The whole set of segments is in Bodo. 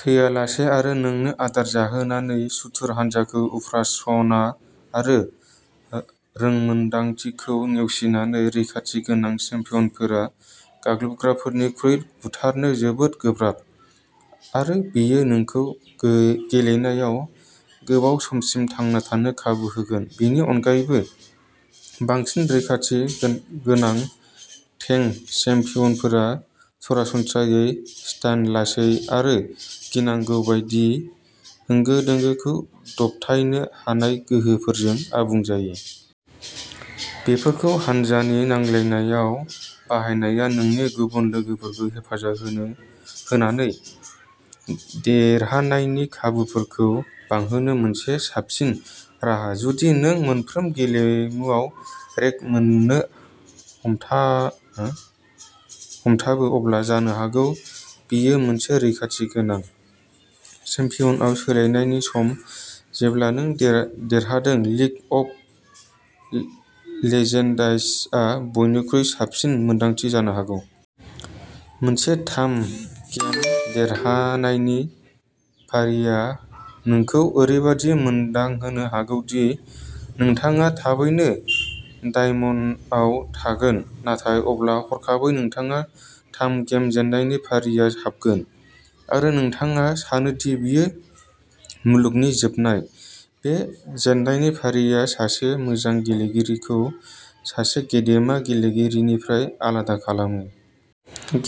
थैयालासे आरो नोंनो आदार जाहोनानै सुथुर हान्जाखौ उफ्रा सना आरो ओ रोंमोन्दांथिखौ नेवसिनानै। रैखाथि गोन गोनां चेम्पियनफोरा गाग्लोबग्राफोरनिख्रुइ बुथारनो जोबोद गोब्राब, आरो बेयो नोंखौ गो गेलेनायाव गोबाव समसिम थांना थानो खाबु होगोन। बेनि अनगायैबो, बांसिन रैखाथि गोनां टेंक चेम्पियनफोरा सरासनस्रायै स्टान, लासै आरो गिनांगौ बायदि होंगो दोंगोखौ दबथायनो हानाय गोहोफोरजों आबुं जायो। बेफोरखौ हानजानि नांलायनायाव बाहायनाया नोंनि गुबुन लोगोफोरखौ हेफाजाब होनो होनानै देरहानायनि खाबुफोरखौ बांहोनो मोनसे साबसिन राहा। जुदि नों मोनफ्रोम गेलेमुआव रेक मोननो हमथा हमथाबो, अब्ला जानो हागौ बेयो मोनसे रैखाथि गोनां चेम्पियनआव सोलायनायनि सम। जेब्ला नों देर देरहादों, लिग अफ लेजेन्ड्सआ बयनिख्रुइ साबसिन मोन्दांथि जानो हागौ। मोनसे थाम गेम देरहानायनि फारिआ नोंखौ ओरैबायदि मोनदांहोनो हागौ दि नोंथाङा थाबैनो डायमन्डआव थागोन। नाथाय अब्ला हरखाबै नोंथाङा थाम गेम जेननायनि फारिआ हाबगोन, आरो नोंथाङा सानो दि बेयो मुलुगनि जोबनाय। बे जेननायनि फारिआ सासे मोजां गेलेगिरिखौ सासे गेदेमा गेलेगिरिनिफ्राय आलादा खालामो।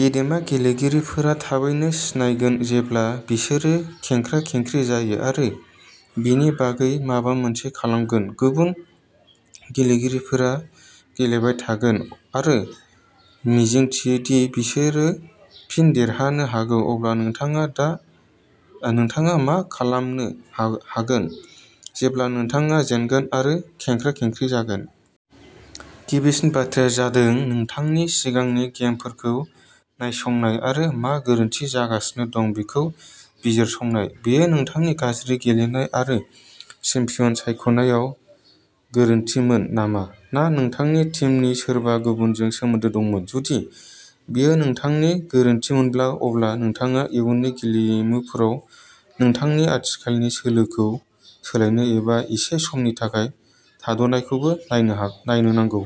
गेदेमा गेलेगिरि फोरा थाबैनो सिनायगोन जेब्ला बिसोरो खेंख्रा-खेंख्रि जायो आरो बेनि बागै माबा मोनसे खालामगोन। गुबुन गेलेगिरिफोरा गेलेबाय थागोन आरो मिजिंथियो दि बिसोरो फिन देरहानो जागौ। अब्ला नोंथाङा दा नोंथाङा मा खालामनो हा हागोन जेब्ला नोंथाङा जेनगोन आरो खेंख्रा-खेंख्रि जागोन? गिबिसिन बाथ्राया जादों नोंथांनि सिगांनि गेमफोरखौ नायसंनाय आरो मा गोरोन्थि जागासिनो दं बेखौ बिजिरसंनाय। बेयो नोंथांनि गाज्रि गेलेनाय आरो चेम्पियन सायख'नायाव गोरोन्थिमोन नामा? ना नोंथांनि टीमनि सोरबा गुबुनजों सोमोन्दो दंमोन? जुदि बेयो नोंथांनि गोरोन्थिमोनब्ला, अब्ला नोंथाङा इयुननि गेलेमुफोराव नोंथांनि आथिखालनि सोलोखौ सोलायनो एबा एसे समनि थाखाय थाद'नायखौबो नायनो हा नायनो नांगौ।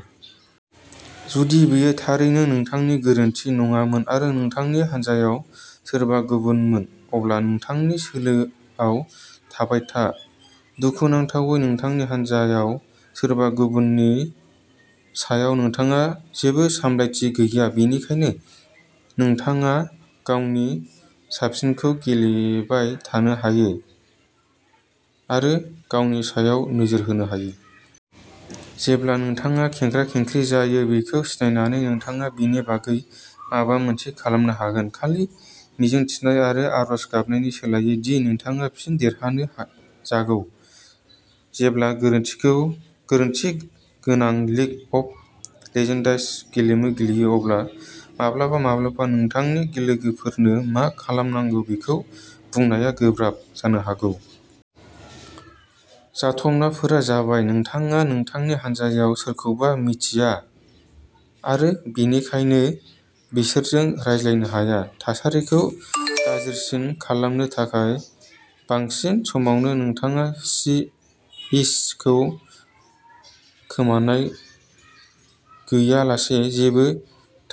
जुदि बेयो थारैनो नोंथांनि गोरोन्थि नङामोन आरो नोंथांनि हानजायाव सोरबा गुबुनमोन, अब्ला नोंथांनि सोलोआव थाबाय था। दुखुनांथावै, नोंथांनि हान्जायाव सोरबा गुबुननि सायाव नोंथाङा जेबो सामलायथि गैया, बेनिखायनो नोंथाङा गावनि साबसिनखौ गेलेबाय थानो हायो आरो गावनि सायाव नोजोर होनो हायो। जेब्ला नोंथाङा खेंख्रा-खेंख्रि जायो बेखौ सिनायनानै नोंथाङा बेनि बागै माबा मोनसे खालामनो हागोन, खालि मिजिं थिनाय आरो आरज गाबनायनि सोलायै दि नोंथाङा फिन देरहानो हा जागौ। जेब्ला गोरोन्थिखौ गोरोन्थि गोनां लिग अफ लेजेन्डाइस गेलेमु गेलेयो, अब्ला माब्लाबा-माब्लाबा नोंथांनि लोगोफोरनो मा खालामनांगौ बेखौ बुंनाया गोब्राब जानो हागौ। जाथावनाफोरा जाबाय नोंथाङा नोंथांनि हान्जायाव सोरखौबा मिन्थिया आरो बेनिखायनो बिसोरजों रायज्लायनो हाया। थासारिखौ गाज्रिसिन खालामनो थाखाय, बांसिन समावनो नोंथाङा सि इस खौ खोमानाय गैयालासे जेबो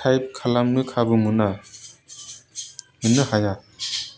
टाइप खालामनो खाबु मोना, मोननो हाया।